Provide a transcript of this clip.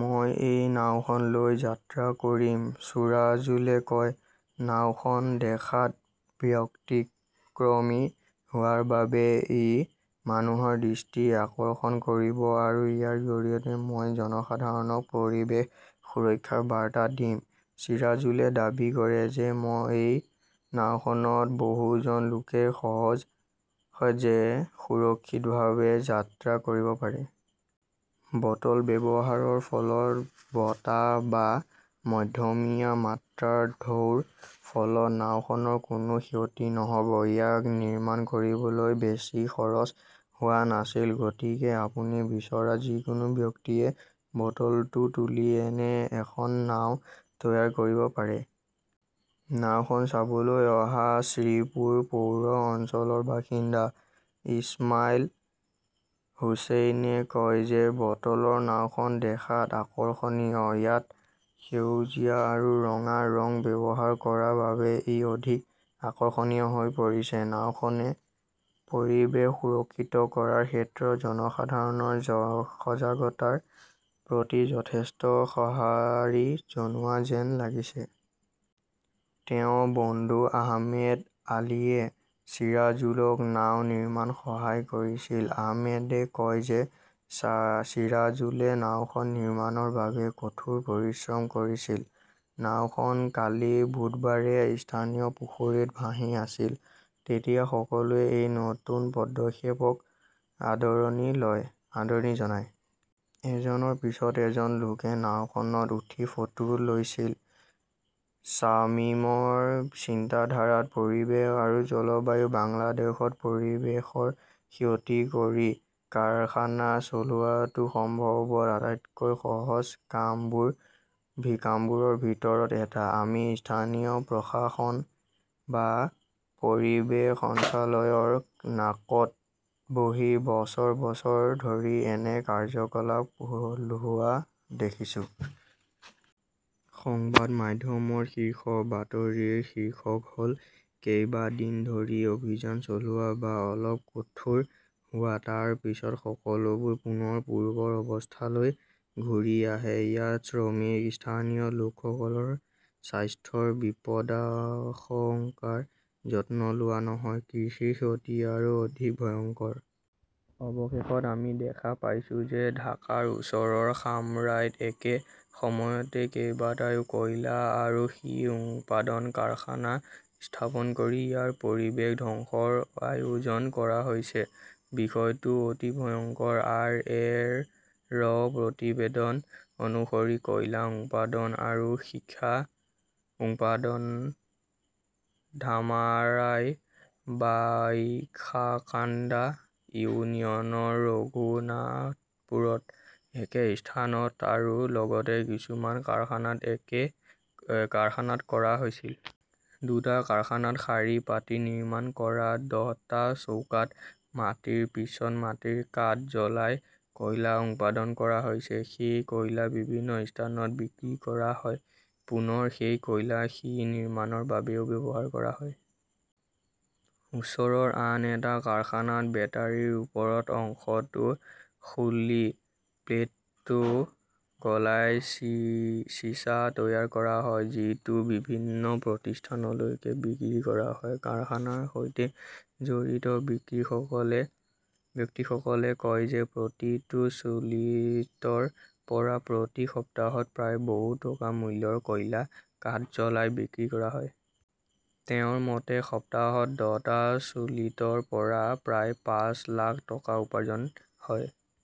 মই এই নাওখন লৈ যাত্ৰা কৰিম, চিৰাজুলে কয়। নাওখন দেখাত ব্যতিক্ৰমী হোৱাৰ বাবে ই মানুহৰ দৃষ্টি আকৰ্ষণ কৰিব আৰু ইয়াৰ জৰিয়তে মই জনসাধাৰণক পৰিৱেশ সুৰক্ষাৰ বাৰ্তা দিম। চিৰাজুলে দাবী কৰে যে এই নাওখনত বহুজন লোকে সহজে সুৰক্ষিতভাৱে যাত্ৰা কৰিব পাৰে। বটল ব্যৱহাৰৰ ফলত বতাহ বা মধ্যমীয়া মাত্ৰাৰ ঢৌৰ ফলত নাওখনৰ কোনো ক্ষতি নহ'ব। ইয়াক নিৰ্মাণ কৰিবলৈ বেছি খৰচ হোৱা নাছিল। গতিকে আপুনি বিচৰা যিকোনো ব্যক্তিয়ে বটলটো তুলি এনে এখন নাও তৈয়াৰ কৰিব পাৰে। নাওখন চাবলৈ অহা শ্ৰীপুৰ পৌৰ অঞ্চলৰ বাসিন্দা ইছমাইল হুচেইনে কয় যে বটলৰ নাওখন দেখাত আকৰ্ষণীয়। ইয়াত সেউজীয়া আৰু ৰঙা ৰং ব্যৱহাৰ কৰাৰ বাবে ই অধিক আকৰ্ষণীয় হৈ পৰিছে। নাওখনে পৰিৱেশ সুৰক্ষিত কৰাৰ ক্ষেত্ৰত জনসাধাৰণৰ সজাগতাৰ প্ৰতি যথেষ্ট সঁহাৰি জনোৱা যেন লাগিছে। তেওঁৰ বন্ধু আহমেদ আলীয়ে ছিৰাজুলক নাও নিৰ্মাণত সহায় কৰিছিল। আহমেদে কয় যে চা চিৰাজুলে নাওখন নিৰ্মাণৰ বাবে কঠোৰ পৰিশ্ৰম কৰিছিল। নাওখন কালি বুধবাৰে স্থানীয় পুখুৰীত ভাহি আছিল। তেতিয়া সকলোৱে এই নতুন পদক্ষেপক আদৰণি জনায়। এজনৰ পিছত এজন লোকে নাওখনত উঠি ফটো লৈছিল। শ্বামিমৰ চিন্তাধাৰাত পৰিৱেশ আৰু জলবায়ু বাংলাদেশত পৰিৱেশৰ ক্ষতি কৰি কাৰখানা চলোৱাটো সম্ভৱতঃ আটাইতকৈ সহজ কামবোৰ কামবোৰৰ ভিতৰত এটা। আমি স্থানীয় প্ৰশাসন বা পৰিৱেশ সঞ্চালকালয়ৰ নাকত বহি বছৰ বছৰ ধৰি এনে কাৰ্যকলাপ হোৱা দেখিছোঁ। সংবাদ মাধ্যমৰ শীৰ্ষ বাতৰিৰ শীৰ্ষক হ'ল কেইবা দিন ধৰি অভিযান চলোৱা বা অলপ কঠোৰ হোৱা, তাৰ পিছত সকলোবোৰ পুনৰ পূৰ্বৰ অৱস্থালৈ ঘূৰি আহে। ইয়াত শ্ৰমিক, স্থানীয় লোকসকলৰ স্বাস্থ্যৰ বিপদাশংকাৰ যত্ন লোৱা নহয়। কৃষিৰ ক্ষতি আৰু অধিক ভয়ংকৰ। অৱশেষত আমি দেখা পাইছো যে ঢাকাৰ ওচৰৰ ধামৰাইত একে সময়তে কেইবাটাও কয়লা আৰু সীহ উৎপাদন কাৰখানা স্থাপন কৰি ইয়াৰ পৰিৱেশ ধ্বংসৰ আয়োজন কৰা হৈছে। বিষয়টো অতি ভয়ংকৰ। আৰ. এ. -ৰ প্ৰতিবেদন অনুসৰি, কয়লা উৎপাদন আৰু সীসা উৎপাদন ধামাৰাইৰ বাইশাকাণ্ডা ইউনিয়নৰ ৰঘুনাথপুৰত একে স্থানত আৰু লগতে কিছুমান কাৰখানাত কৰা হৈছিল। দুটা কাৰখানাত শাৰী পাতি নিৰ্মাণ কৰা দহটা চৌকাত মাটিৰ পিছত মাটিৰ কাঠ জ্বলাই কয়লা উৎপাদন কৰা হৈছে। সেই কয়লা বিভিন্ন স্থানত বিক্ৰী কৰা হয়। পুনৰ সেই কয়লা সীহ নিৰ্মাণৰ বাবেও ব্যৱহাৰ কৰা হয়। ওচৰৰ আন এটা কাৰখানাত বেটাৰীৰ ওপৰৰ অংশটো খুলি প্লেটটো গলাই চি- চিছা তৈয়াৰ কৰা হয়, যিটো বিভিন্ন প্ৰতিষ্ঠানলৈ বিক্ৰী কৰা হয়। কাৰখানাৰ সৈতে জড়িত ব্যক্তিসকলে ব্যক্তিসকলে কয় যে প্ৰতিটো চুলিতৰ পৰা প্ৰতি সপ্তাহত প্ৰায় বহু টকা মূল্যৰ কয়লা কাঠ জ্বলাই বিক্ৰী কৰা হয়। তেওঁৰ মতে, সপ্তাহত দহটা চুলিতৰ পৰা প্ৰায় পাঁচ লাখ টকা উপাৰ্জন হয়।